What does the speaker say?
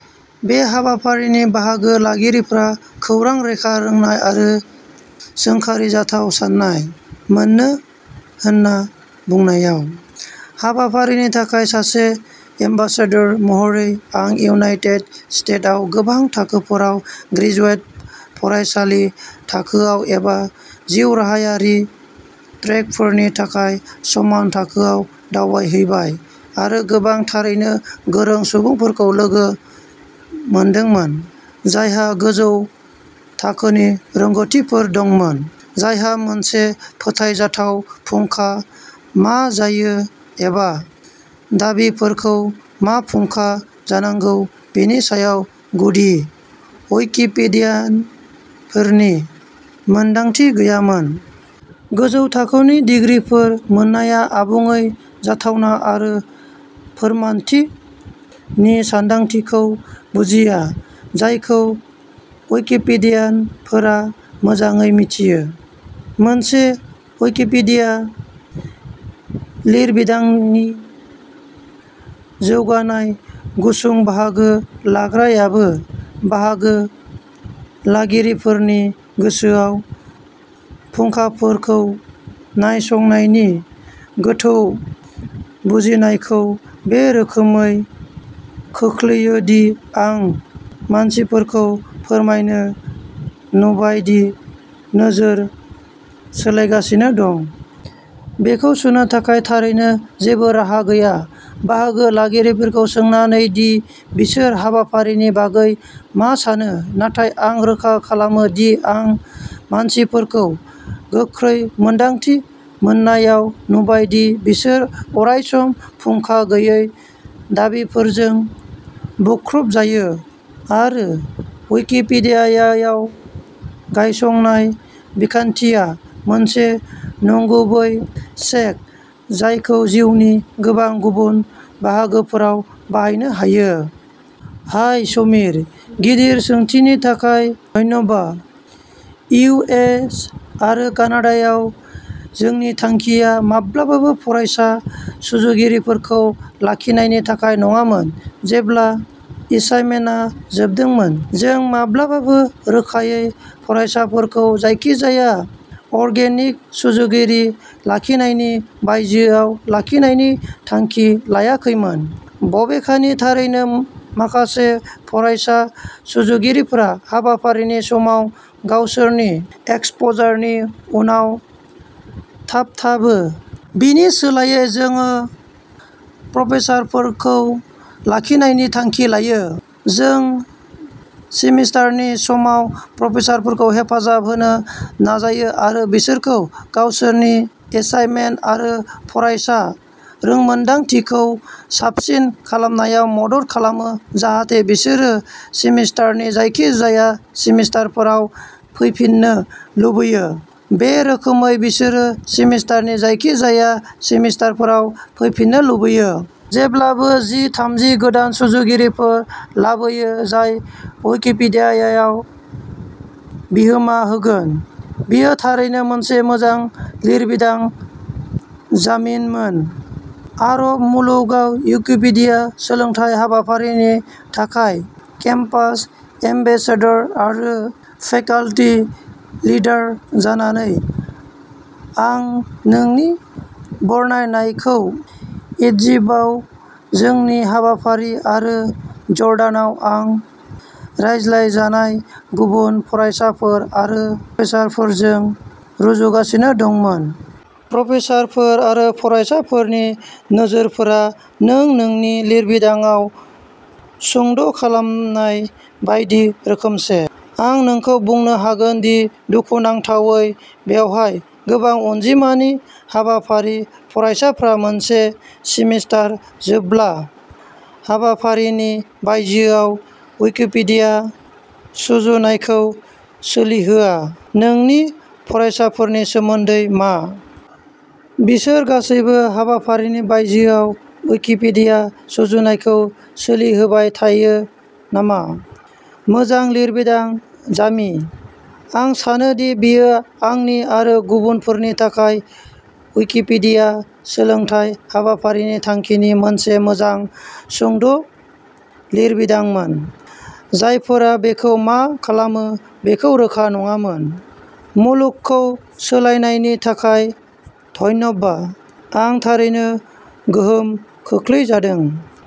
बे हाबाफारिनि बाहागो लागिरिफोरा "खौरां रैखा रोंनाय आरो सोंखारिजाथाव साननाय" मोनो होन्ना बुंनायाव। हाबाफारिनि थाखाय सासे "एम्बेसेडर" महरै, आं इउनायटेड स्टेट्सआव गोबां थाखोफोराव ग्रेजुवेट फरायसालि थाखोआव एबा जिउराहायारि ट्रेकफोरनि थाखाय समान थाखोआव दावबायहैबाय आरो गोबां थारैनो गोरों सुबुंफोरखौ लोगो मोनदोंमोन, जायहा गोजौ थाखोनि रोंग'थिफोर दंमोन, जायहा मोनसे फोथायजाथाव फुंखा मा जायो एबा दाबिफोरखौ मा फुंखा जानांगौ बेनि सायाव गुदि विकिपेडियानफोरनि मोनदांथि गैयामोन। गोजौ थाखोनि डिग्रीफोर मोननाया आबुङै जाथावना आरो "फोरमानथि" नि सानदांथिखौ बुजिया, जायखौ विकिपेडियानफोरा मोजाङै मिथियो। मोनसे विकिपीडिया लिरबिदांनि जौगानाय गुसुं बाहागो लाग्रायाबो बाहागो लागिरिफोरनि गोसोआव फुंखाफोरखौ नायसंनायनि गोथौ बुजिनायखौ बे रोखोमै खोख्लैयो दि आं मानसिफोरखौ फोरमायनो नुबाय दि नोजोर सोलायगासिनो दं। बेखौ सुनो थाखाय थारैनो जेबो राहा गैया। बाहागो लागिरिफोरखौ सोंनानै दि बिसोर हाबाफारिनि बागै मा सानो, नाथाय आं रोखा खालामो दि आं मानसिफोरखौ गोख्रै मोन्दांथि मोननायाव नुबाय दि बिसोर अरायसम फुंखा गैयै दाबिफोरजों बुख्रुबजायो आरो विकिपीडियायाव गायसंनाय बिखान्थिया मोनसे नंगुबै चेक जायखौ जिउनि गोबां गुबुन बाहागोफोराव बाहायनो हायो। हाय, समीर! गिदिर सोंथिनि थाखाय धन्यबा। इउ. एस. आरो कानाडायाव, जोंनि थांखिया माब्लाबाबो फरायसा सुजुगिरिफोरखौ लाखिनायनि थाखाय नङामोन जेब्ला एसाइनमेन्टआ जोबदोंमोन। जों माब्लाबाबो रोखायै फरायसाफोरखौ जायखिजाया अर्गेनिक सुजुगिरि लाखिनायनि बायजोआव लाखिनायनि थांखि लायाखैमोन, बबेखानि थारैनो माखासे फरायसा सुजुगिरिफोरा हाबाफारिनि समाव गावसोरनि एक्सप'जारनि उनाव थाबथाबो। बेनि सोलायै, जों प्रफेसारफोरखौ लाखिनायनि थांखि लायो। जों सेमिस्टारनि समाव प्रफेसारफोरखौ हेफाजाब होनो नाजायो आरो बिसोरखौ गावसोरनि एसाइनमेन्ट आरो फरायसा रोंमोनदांथिखौ साबसिन खालामनायाव मदद खालामो जाहाथे बिसोरो सेमिस्टारनि जायखिजाया सेमिस्टाराव फैफिननो लुबैयो। बे रोखोमै, बिसोरो सेमिस्टारनि जायखिजाया सेमिस्टाराव फैफिननो लुबैयो। जेब्लाबो जि-थामजि गोदान सुजुगिरिफोर लाबोयो जाय विकिपीडियायाव बिहोमा होगोन। बेयो थारैनो मोनसे मोजां लिरबिदां जामीमोन, आरब मुलुगाव विकिपीडिया सोलोंथाय हाबाफारिनि थाखाय केम्पास एम्बेसेडर आरो फेकल्टी लिडार जानानै आं नोंनि बरनायनायखौ इजिप्टआव जोंनि हाबाफारि आरो जर्डानाव आं रायज्लायजानाय गुबुन फरायसाफोर आरो प्रफेसारफोरजों रुजुगासिनो दंमोन। प्रफेसारफोर आरो फरायसाफोरनि नोजोरफोरा नों नोंनि लिरबिदांआव सुंद'खालामनाय बायदि रोखोमसे। आं नोंखौ बुंनो हागोन दि दुखुनांथावै बेवहाय गोबां अनजिमानि हाबाफारि फरायसाफ्रा मोनसे सेमिस्टार जोबब्ला हाबाफारिनि बायजोआव विकिपीडिया सुजुनायखौ सोलिहोआ, नोंनि फरायसाफोरनि सोमोन्दै मा? बिसोर गासैबो हाबाफारिनि बायजोआव विकिपीडिया सुजुनायखौ सोलिहोबाय थायो नामा? मोजां लिरबिदां जामी। आं सानोदि बेयो आंनि आरो गुबुनफोरनि थाखाय विकिपीडिया सोलोंथाय हाबाफारिनि थांखिनि मोनसे मोजां सुंद'लिरबिदांमोन, जायफोरा बेखौ मा खालामो बेखौ रोखा नङामोन। मुलुगखौ सोलायनायनि थाखाय धन्यबा! आं थारैनो गोहोम खोख्लैजादों।